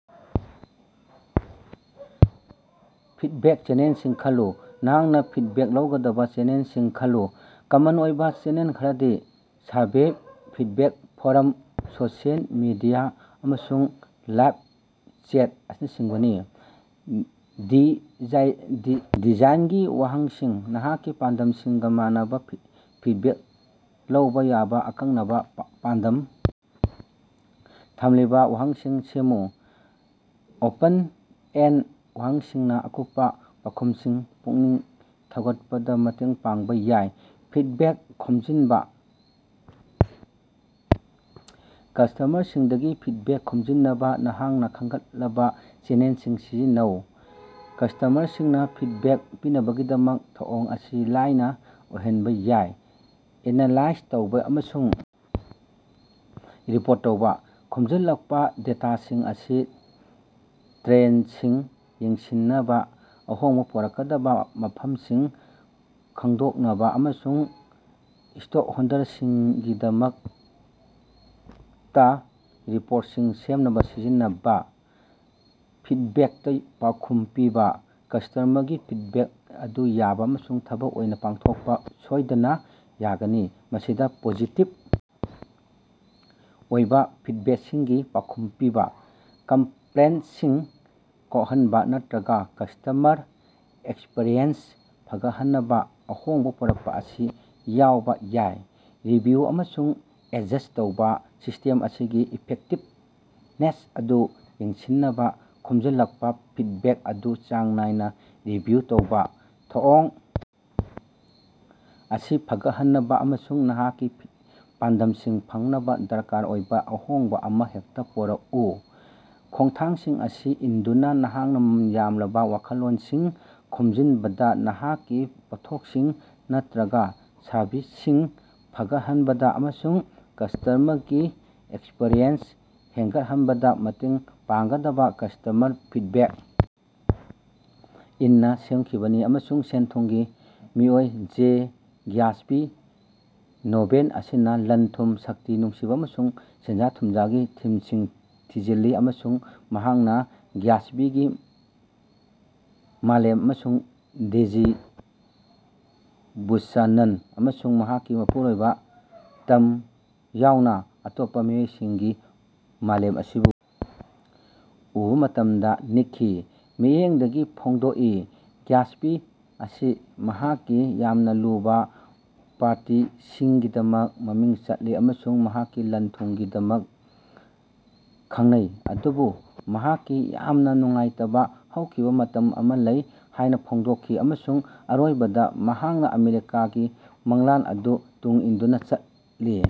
Feedback ꯆꯦꯅꯦꯜꯁꯤꯡ ꯈꯜꯂꯨ - ꯅꯍꯥꯛꯅ ꯐꯤꯗꯕꯦꯛ ꯂꯧꯒꯗꯕ ꯆꯦꯅꯦꯜꯁꯤꯡ ꯈꯜꯂꯨ꯫ ꯀꯃꯟ ꯑꯣꯏꯕ ꯆꯦꯅꯦꯜ ꯈꯔꯗꯤ survey, feedback form, social media, ꯑꯃꯁꯨꯡ ꯂꯥꯏ꯭ꯕ ꯆꯦꯠ ꯑꯁꯤꯅꯆꯤꯡꯕꯅꯤ꯫ ꯗꯤꯖꯥꯏꯟꯒꯤ ꯋꯥꯍꯪꯁꯤꯡ - ꯅꯍꯥꯛꯀꯤ ꯄꯥꯟꯗꯝꯁꯤꯡꯒ ꯃꯥꯟꯅꯕꯥ ꯐꯤꯗꯕꯦꯛ ꯂꯧꯕ ꯌꯥꯕ ꯑꯀꯛꯅꯕ, ꯄꯥꯟꯗꯝ ꯊꯝꯂꯤꯕ ꯋꯥꯍꯪꯁꯤꯡ ꯁꯦꯝꯃꯨ꯫ ꯑꯣꯄꯟ-ꯑꯦꯟꯗ ꯋꯥꯍꯪꯁꯤꯡꯅ ꯑꯀꯨꯞꯄ ꯄꯥꯎꯈꯨꯝꯁꯤꯡ ꯄꯨꯛꯅꯤꯡ ꯊꯧꯒꯠꯄꯗ ꯃꯇꯦꯡ ꯄꯥꯡꯕ ꯌꯥꯏ꯫ ꯐꯤꯗꯕꯦꯛ ꯈꯣꯝꯖꯤꯟꯕ - ꯀꯁ꯭ꯇꯃꯔꯁꯤꯡꯗꯒꯤ ꯐꯤꯗꯕꯦꯛ ꯈꯣꯝꯖꯤꯟꯅꯕꯥ ꯅꯍꯥꯛꯅ ꯈꯟꯒꯠꯂꯕ ꯆꯦꯅꯦꯜꯁꯤꯡ ꯁꯤꯖꯤꯟꯅꯧ꯫ ꯀꯁ꯭ꯇꯃꯔꯁꯤꯡꯅ ꯐꯤꯗꯕꯦꯛ ꯄꯤꯅꯕꯒꯤꯗꯃꯛ ꯊꯧꯑꯣꯡ ꯑꯁꯤ ꯂꯥꯏꯅꯥ ꯑꯣꯏꯍꯟꯕ ꯌꯥꯏ꯫ ꯑꯦꯅꯥꯂꯥꯏꯖ ꯇꯧꯕ ꯑꯃꯁꯨꯡ ꯔꯤꯄꯣꯔꯠ ꯇꯧꯕ - ꯈꯣꯝꯖꯤꯜꯂꯛꯄ ꯗꯦꯇꯥꯁꯤꯡ ꯑꯁꯤ ꯇ꯭ꯔꯦꯟꯗꯁꯤꯡ ꯌꯦꯡꯁꯤꯟꯅꯕꯥ, ꯑꯍꯣꯡꯕ ꯄꯨꯔꯛꯀꯗꯕꯥ ꯃꯐꯝꯁꯤꯡ ꯈꯪꯗꯣꯛꯅꯕ ꯑꯃꯁꯨꯡ ꯁ꯭ꯇꯦꯛꯍꯣꯜꯗꯔꯁꯤꯡꯒꯤꯗꯃꯛꯇ ꯔꯤꯄꯣ꯭ꯔꯠꯁꯤꯡ ꯁꯦꯝꯅꯕ ꯁꯤꯖꯤꯟꯅꯕꯥ꯫ ꯐꯤꯗꯕꯦꯛꯇ ꯄꯥꯎꯈꯨꯝ ꯄꯤꯕ - ꯀꯁ꯭ꯇꯃꯔꯒꯤ ꯐꯤꯗꯕꯦꯛ ꯑꯗꯨ ꯌꯥꯕ ꯑꯃꯁꯨꯡ ꯊꯕꯛ ꯑꯣꯏꯅ ꯄꯥꯡꯊꯣꯛꯄ ꯁꯣꯏꯗꯅ ꯌꯥꯒꯅꯤ꯫ ꯃꯁꯤꯗ ꯄꯣꯖꯤꯇꯤꯚ ꯑꯣꯏꯕ ꯐꯤꯗꯕꯦꯛꯁꯤꯡꯒꯤ ꯄꯥꯎꯈꯨꯝ ꯄꯤꯕ, ꯀꯝꯄ꯭ꯂꯦꯟꯇꯁꯤꯡ ꯀꯣꯛꯍꯟꯕ ꯅꯠꯇꯔꯒ ꯀꯁ꯭ꯇꯃꯔ ꯑꯦꯛꯁꯄꯤꯔꯤꯑꯦꯟꯁ ꯐꯒꯠꯍꯟꯅꯕꯥ ꯑꯍꯣꯡꯕ ꯄꯨꯔꯛꯄ ꯑꯁꯤ ꯌꯥꯎꯕ ꯌꯥꯏ꯫ ꯔꯤꯚꯤꯌꯨ ꯑꯃꯁꯨꯡ ꯑꯦꯗꯖꯁ꯭ꯠ ꯇꯧꯕ - ꯁꯤꯁꯇꯦꯝ ꯑꯁꯤꯒꯤ ꯏꯐꯦꯛꯇꯤꯕꯅꯦꯁ ꯑꯗꯨ ꯌꯦꯡꯁꯤꯟꯅꯕ ꯈꯣꯝꯖꯤꯜꯂꯛꯄ ꯐꯤꯗꯕꯦꯛ ꯑꯗꯨ ꯆꯥꯡ ꯅꯥꯏꯅꯥ ꯔꯤꯚꯤꯌꯨ ꯇꯧꯕ꯫ ꯊꯧꯑꯣꯡ ꯑꯁꯤ ꯐꯒꯠꯍꯟꯅꯕꯥ ꯑꯃꯁꯨꯡ ꯅꯍꯥꯛꯀꯤ ꯄꯥꯟꯗꯝꯁꯤꯡ ꯐꯪꯅꯕ ꯗꯔꯀꯥꯔ ꯑꯣꯏꯕ ꯑꯍꯣꯡꯕ‌ ꯑꯃ ꯍꯦꯛꯇ ꯄꯨꯔꯛꯎ꯫ ꯈꯣꯡꯊꯥꯡꯁꯤꯡ ꯑꯁꯤ ꯏꯟꯗꯨꯅ, ꯅꯍꯥꯛꯅ ꯃꯃꯜ ꯌꯥꯝꯂꯥꯕ ꯋꯥꯈꯜꯂꯣꯟꯁꯤꯡ ꯈꯣꯝꯖꯤꯟꯕꯗꯥ, ꯅꯍꯥꯛꯀꯤ ꯄꯣꯠꯊꯣꯛꯁꯤꯡ ꯅꯠꯇꯔꯒ ꯁꯔꯚꯤꯁꯁꯤꯡ ꯐꯒꯠꯍꯟꯕꯗꯥ ꯑꯃꯁꯨꯡ ꯀꯁ꯭ꯇꯃꯔꯒꯤ ꯑꯦꯛꯁꯄꯤꯔꯤꯑꯦꯟꯁ ꯍꯦꯟꯒꯠꯍꯟꯕꯥꯗ ꯃꯇꯦꯡ ꯄꯥꯡꯒꯗꯕꯥ ꯀꯁ꯭ꯇꯃꯔ ꯐꯤꯗꯕꯦꯛ ꯏꯟꯅ ꯁꯦꯝꯈꯤꯕꯅꯤ ꯑꯃꯁꯨꯡ ꯁꯦꯜ ꯊꯨꯝꯒꯤ ꯃꯤꯑꯣꯏ ꯖꯦ ꯒ꯭ꯌꯥꯠꯁꯕꯤ꯫ ꯅꯣꯚꯦꯜ ꯑꯁꯤꯅ ꯂꯟ-ꯊꯨꯝ, ꯁꯛꯇꯤ, ꯅꯨꯡꯁꯤꯕ ꯑꯃꯁꯨꯡ ꯁꯦꯟꯖꯥ-ꯊꯨꯝꯖꯥꯒꯤ ꯊꯤꯝꯁꯤꯡ ꯊꯤꯖꯤꯜꯂꯤ ꯑꯃꯁꯨꯡ ꯃꯍꯥꯛꯅ ꯒ꯭ꯌꯥꯇꯁꯕꯤꯒꯤ ꯃꯥꯂꯦꯝ ꯑꯃꯁꯨꯡ ꯗꯦꯖꯤ ꯕꯨꯆꯥꯅꯟ ꯑꯃꯁꯨꯡ ꯃꯍꯥꯛꯀꯤ ꯃꯄꯨꯔꯣꯏꯕ ꯇꯝ ꯌꯥꯎꯅ ꯑꯇꯣꯞꯄ ꯃꯤꯑꯣꯏꯁꯤꯡꯒꯤ ꯃꯥꯂꯦꯝ ꯑꯁꯤꯕꯨ ꯎꯕꯥ ꯃꯇꯝꯗ ꯅꯤꯛꯀꯤ ꯃꯤꯠꯌꯦꯡꯗꯒꯤ ꯐꯣꯡꯗꯣꯛꯏ꯫ ꯒ꯭ꯌꯥꯇꯁꯕꯤ ꯑꯁꯤ ꯃꯍꯥꯛꯀꯤ ꯌꯥꯝꯅ ꯂꯨꯕ ꯄꯥꯔꯇꯤꯁꯤꯡꯒꯤꯗꯃꯛ ꯃꯃꯤꯡ ꯆꯠꯂꯤ ꯑꯃꯁꯨꯡ ꯃꯍꯥꯛꯀꯤ ꯂꯟ-ꯊꯨꯝꯒꯤꯗꯃꯛ ꯈꯪꯅꯩ ꯑꯗꯨꯕꯨ ꯃꯍꯥꯛꯀꯤ ꯌꯥꯝꯅ ꯅꯨꯡꯉꯥꯏꯇꯕꯥ ꯍꯧꯈꯤꯕ ꯃꯇꯝ ꯑꯃ ꯂꯩ ꯍꯥꯏꯅ ꯐꯣꯡꯗꯣꯛꯈꯤ ꯑꯃꯁꯨꯡ ꯑꯔꯣꯏꯕꯗꯥ ꯃꯍꯥꯛꯅ ꯑꯃꯦꯔꯤꯀꯥꯒꯤ ꯃꯪꯂꯥꯟ ꯑꯗꯨ ꯇꯨꯡ ꯏꯟꯗꯨꯅ ꯆꯠꯂꯤ꯫